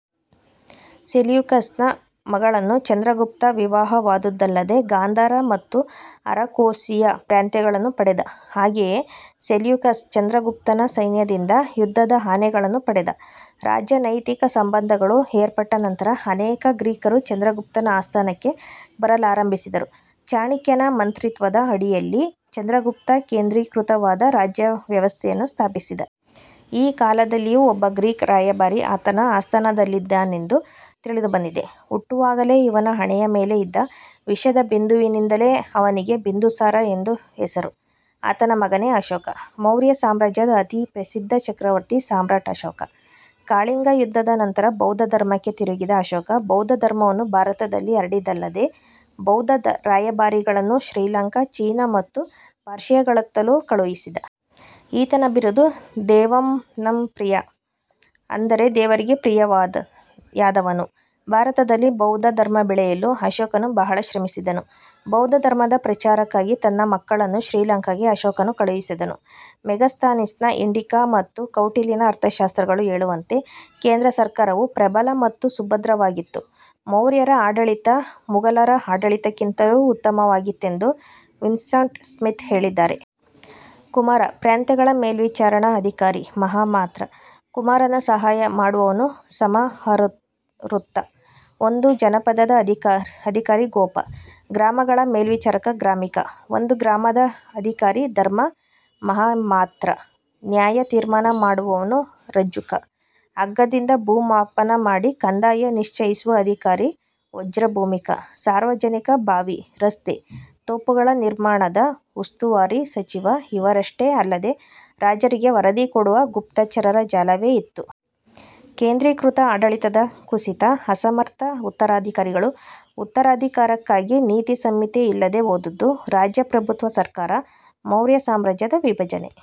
Seleucus ನ ಮಗಳನ್ನು ಚಂದ್ರಗುಪ್ತ ವಿವಾಹವಾದದ್ದಲ್ಲದೆ, ಗಾಂಧಾರ ಮತ್ತು ಅರಕೋಸಿಯಾ ಪ್ರಾಂತ್ಯಗಳನ್ನು ಪಡೆದ. ಹಾಗೆಯೇ ಸೆಲ್ಯೂಕಸ್ ಚಂದ್ರಗುಪ್ತನ ಸೈನ್ಯದಿಂದ ಯುದ್ಧದ ಆನೆ ಗಳನ್ನು ಪಡೆದ. ರಾಜನೈತಿಕ ಸಂಬಂಧಗಳು ಏರ್ಪಟ್ಟ ನಂತರ ಅನೇಕ ಗ್ರೀಕರು ಚಂದ್ರಗುಪ್ತನ ಆಸ್ಥಾನಕ್ಕೆ ಬರಲಾರಂಭಿಸಿದರು. ಚಾಣಕ್ಯನ ಮಂತ್ರಿತ್ವದ ಅಡಿಯಲ್ಲಿ ಚಂದ್ರಗುಪ್ತ ಕೇಂದ್ರೀಕೃತವಾದ ರಾಜ್ಯವ್ಯವಸ್ಥೆಯನ್ನು ಸ್ಥಾಪಿಸಿದ. ಈ ಕಾಲದಲ್ಲಿಯೂ ಒಬ್ಬ ಗ್ರೀಕ್ ರಾಯಭಾರಿ ಆತನ ಆಸ್ಥಾನದಲ್ಲಿದ್ದನೆಂದು ತಿಳಿದುಬಂದಿದೆ. ಹುಟ್ಟುವಾಗಲೆ ಇವನ ಹಣೆಯ ಮೆಲೆ ಇದ್ದ ವಿಷದ ಬಿಂದುವಿನಿಂದಲೆ ಅವನಿಗೆ ಬಿಂದುಸಾರ ಎಂದು ಹೆಸರು, ಆತನ ಮಗನೇ ಅಶೋಕ. ಮೌರ್ಯ ಸಾಮ್ರಾಜ್ಯದ ಅತಿ ಪ್ರಸಿದ್ಧ ಚಕ್ರವರ್ತಿ ಸಾಮ್ರಾಟ್ ಅಶೋಕ. ಕಳಿಂಗ ಯುದ್ಧದ ನಂತರ ಬೌದ್ಧ ಧರ್ಮಕ್ಕೆ ತಿರುಗಿದ ಅಶೋಕ ಬೌದ್ಧ ಧರ್ಮವನ್ನು ಭಾರತದಲ್ಲಿ ಹರಡಿದ್ದಲ್ಲದೆ, ಬೌದ್ಧ ರಾಯಭಾರಿಗಳನ್ನು ಶ್ರೀಲಂಕಾ, ಚೀನಾ ಮತ್ತು ಪರ್ಶಿಯಾಗಳತ್ತಲೂ ಕಳುಹಿಸಿದ. ಈತನ ಬಿರುದು"ದೇವಾಂನಾಂಪ್ರಿಯ" ಅಂದರೆ ದೇವರಿಗೆ ಪ್ರೀತಿಯಾದವನು. ಭಾರತದಲ್ಲಿ ಬೌದ್ಧ ಧರ್ಮ ಬೆಳೆಯಲು ಅಶೋಕನು ಬಹಳ ಶ್ರಮಿಸಿದನು. ಬೌದ್ದ ಧರ್ಮದ ಪ್ರಚಾರಕ್ಕಾಗಿ ತನ್ನ ಮಕ್ಕಳನ್ನು ಶ್ರೀಲಂಕಾಗೆ ಅಶೋಕನು ಕಳುಹಿಸಿದನು. ಮೆಗಸ್ತನೀಸ್-ನ "ಇಂಡಿಕಾ" ಮತ್ತು "ಕೌಟಿಲ್ಯನ ಅರ್ಥಶಾಸ್ತ್ರ"ಗಳು ಹೇಳುವಂತೆ, ಕೇಂದ್ರ ಸರಕಾರವು ಪ್ರಬಲ ಮತ್ತು ಸುಭದ್ರವಾಗಿತ್ತು. ಮೌರ್ಯರ ಆಡಳಿತ, ಮುಘಲರ ಆಡಳಿತಕ್ಕಿಂತಲೂ ಉತ್ತಮವಾಗಿತ್ತೆಂದು ವಿನ್ಸ್ಂಟ್ ಸ್ಮಿಥ್ ಹೇಳಿದ್ದಾರೆ. ಕುಮಾರ: ಪ್ರಾಂತಗಳ ಮೇಲ್ವಿಚಾರಣ ಅಧಿಕಾರಿ ಮಹಾಮಾತ್ರ: ಕುಮಾರನ ಸಹಾಯ ಮಾಡುವವನು ಸಮಹರತೃ: ಒಂದು ಜನಪದದ ಅಧಿಕಾರಿ ಗೋಪ: ಗ್ರಾಮಗಳ ಮೇಲ್ವಿಚಾರಕ ಗ್ರಾಮಿಕ: ಒಂದು ಗ್ರಾಮದ ಅಧಿಕಾರಿ ಧರ್ಮ ಮಹಾಮಾತ್ರ: ನ್ಯಾಯತೀರ್ಮಾನ ಮಾಡುವವನು ರಜ್ಜುಕ: ಹಗ್ಗದಿಂದ ಭೂಮಾಪನ ಮಾಡಿ ಕಂದಾಯ ನಿಶ್ಚಯಿಸುವ ಅಧಿಕಾರಿ ವಜ್ರಭೂಮಿಕ: ಸಾರ್ವಜನಿಕ ಬಾವಿ, ರಸ್ತೆ, ತೋಪುಗಳ ನಿರ್ಮಾಣದ ಉಸ್ತುವಾರಿ ಸಚಿವ ಇವರಷ್ಟೇ ಅಲ್ಲದೇ, ರಾಜರಿಗೆ ವರದಿ ಮಾಡುವ ಗುಪ್ತಚರರ ಜಾಲವೇ ಇತ್ತು.. ಕೇಂದ್ರೀಕೃತ ಆಡಳಿತದ ಕುಸಿತ. ಅಸಮರ್ಥ ಉತ್ತರಾಧಿಕಾರಿಗಳು. ಉತ್ತರಾಧಿಕಾರಕ್ಕಾಗಿ ನೀತಿ ಸಂಹಿತೆ ಇಲ್ಲದೆ ಹೋದದ್ದು. ರಾಜ ಪ್ರಭುತ್ವ ಸರ್ಕಾರ. ಮೌರ್ಯ ಸಾಮ್ರಾಜ್ಯದ ವಿಭಜನೆ।